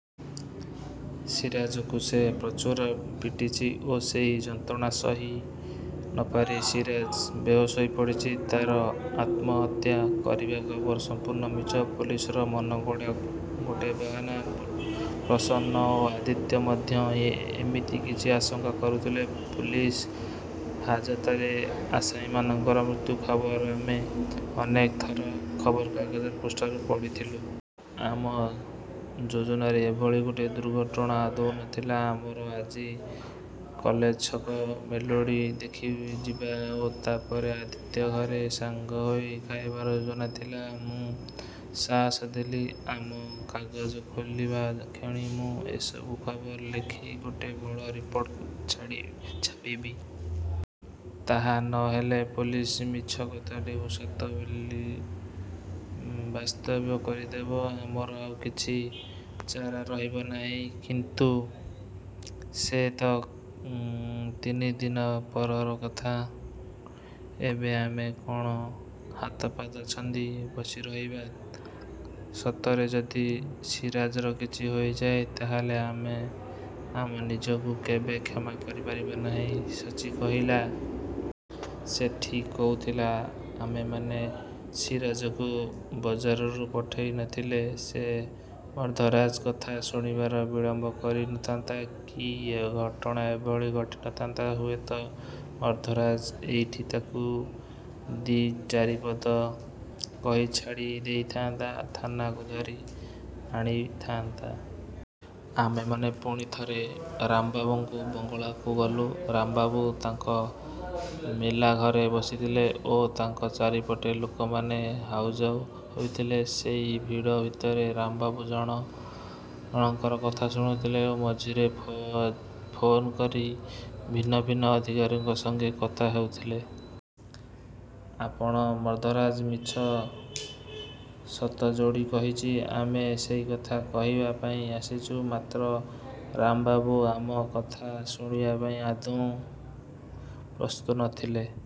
ସିରାଜକୁ ସେ ପ୍ରଚୁର ପିଟିଛି ଓ ସେଇ ଯନ୍ତ୍ରଣା ସହି ନପାରି ସିରାଜ ବେହୋସ ହୋଇପଡ଼ିଛି। ତାର ଆତ୍ମହତ୍ୟା କରିବା ଖବର ସମ୍ପୂର୍ଣ୍ଣ ମିଛ, ପୁଲିସର ମନଗଢ଼ା ଗୋଟେ ବାହାନା। ପ୍ରସନ୍ନ ଓ ଆଦିତ୍ୟ ମଧ୍ୟ ଏ ଏମିତି କିଛି ଆଶଙ୍କା କରୁଥିଲେ। ପୁଲିସ ହାଜତରେ ଆସାମୀମାନଙ୍କର ମୃତ୍ୟୁ ଖବର ଆମେ ଅନେକ ଥର ଖବରକାଗଜ ପୃଷ୍ଠାରୁ ପଢ଼ିଥିଲୁ। ଆମ ଯୋଜନାରେ ଏଭଳି ଗୋଟେ ଦୁର୍ଘଟଣା ଆଦୌ ନଥିଲା। ଆମର ଆଜି କଲେଜଛକ ମେଲୋଡ଼ି ଦେଖିଯିବା ଓ ତାପରେ ଆଦିତ୍ୟ ଘରେ ସାଙ୍ଗ ହୋଇ ଖାଇବାର ଯୋଜନା ଥିଲା। ମୁଁ ସାହସ ଦେଲି, "ଆମ କାଗଜ ଖୋଲିବା କ୍ଷଣି ମୁଁ ଏସବୁ ଖବର ଲେଖି ଗୋଟେ ବଡ଼ ରିପୋର୍ଟ ଛାଡ଼ି ଛାପିବି। ତାହା ନ ହେଲେ ପୋଲିସ ମିଛ କଥାଟିକୁ ସତ ବୋଲି ବାସ୍ତ୍ୟବ କରିଦେବ। ଆମର ଆଉ କିଛି ଚାରା ରହିବ ନାହିଁ।" "କିନ୍ତୁ ସେ ତ ତିନିଦିନ ପରର କଥା। ଏବେ ଆମେ କଣ ହାତପାଦ ଛନ୍ଦି ବସିରହିବା! ସତରେ ଯଦି ସିରାଜର କିଛି ହୋଇଯାଏ ତାହାହେଲେ ଆମେ ଆମ ନିଜକୁ କେବେ କ୍ଷମା କରିପାରିବା ନାହିଁ," ସଚ୍ଚି କହିଲା। ସେ ଠିକ୍ କହୁଥିଲା। ଆମେମାନେ ସିରାଜକୁ ବଜାରରୁ ପଠେଇ ନଥିଲେ ସେ ମର୍ଦ୍ଦରାଜ କଥା ଶୁଣିବାର ବିଳମ୍ବ କରି ନଥାନ୍ତା କି ଏ ଘଟଣା ଏଭଳି ଘଟି ନଥାନ୍ତା। ହୁଏତ ମର୍ଦ୍ଦରାଜ ଏଇଠି ତାକୁ ଦି ଚାରିପଦ କହି ଛାଡ଼ି ଦେଇଥାଆନ୍ତା। ଥାନାକୁ ଧରି ଆଣି ଥାନ୍ତା। ଆମେମାନେ ପୁଣି ଥରେ ରାମବାବୁଙ୍କ ବଙ୍ଗଳାକୁ ଗଲୁ। ରାମବାବୁ ତାଙ୍କ ମେଲାଘରେ ବସିଥିଲେ ଓ ତାଙ୍କ ଚାରିପଟେ ଲୋକମାନେ ହାଉଯାଉ ହୋଇଥିଲେ। ସେଇ ଭିଡ଼ ଭିତରେ ରାମବାବୁ ଜଣ ଜଣକର କଥା ଶୁଣୁଥିଲେ ଓ ମଝିରେ ଫୋଓ ଫୋନ୍ କରି ଭିନ୍ନ ଭିନ୍ନ ଅଧିକାରୀଙ୍କ ସାଙ୍ଗେ କଥା ହେଉଥିଲେ। ଆପଣ ମର୍ଦ୍ଦରାଜ ମିଛ ସତ ଯୋଡ଼ି କହିଚି। ଆମେ ସେଇକଥା କହିବା ପାଇଁ ଆସିଚୁ।"ମାତ୍ର ରାମବାବୁ ଆମ କଥା ଶୁଣିବା ପାଇଁ ଆଦୌ ପ୍ରସ୍ତୁତ ନଥିଲେ।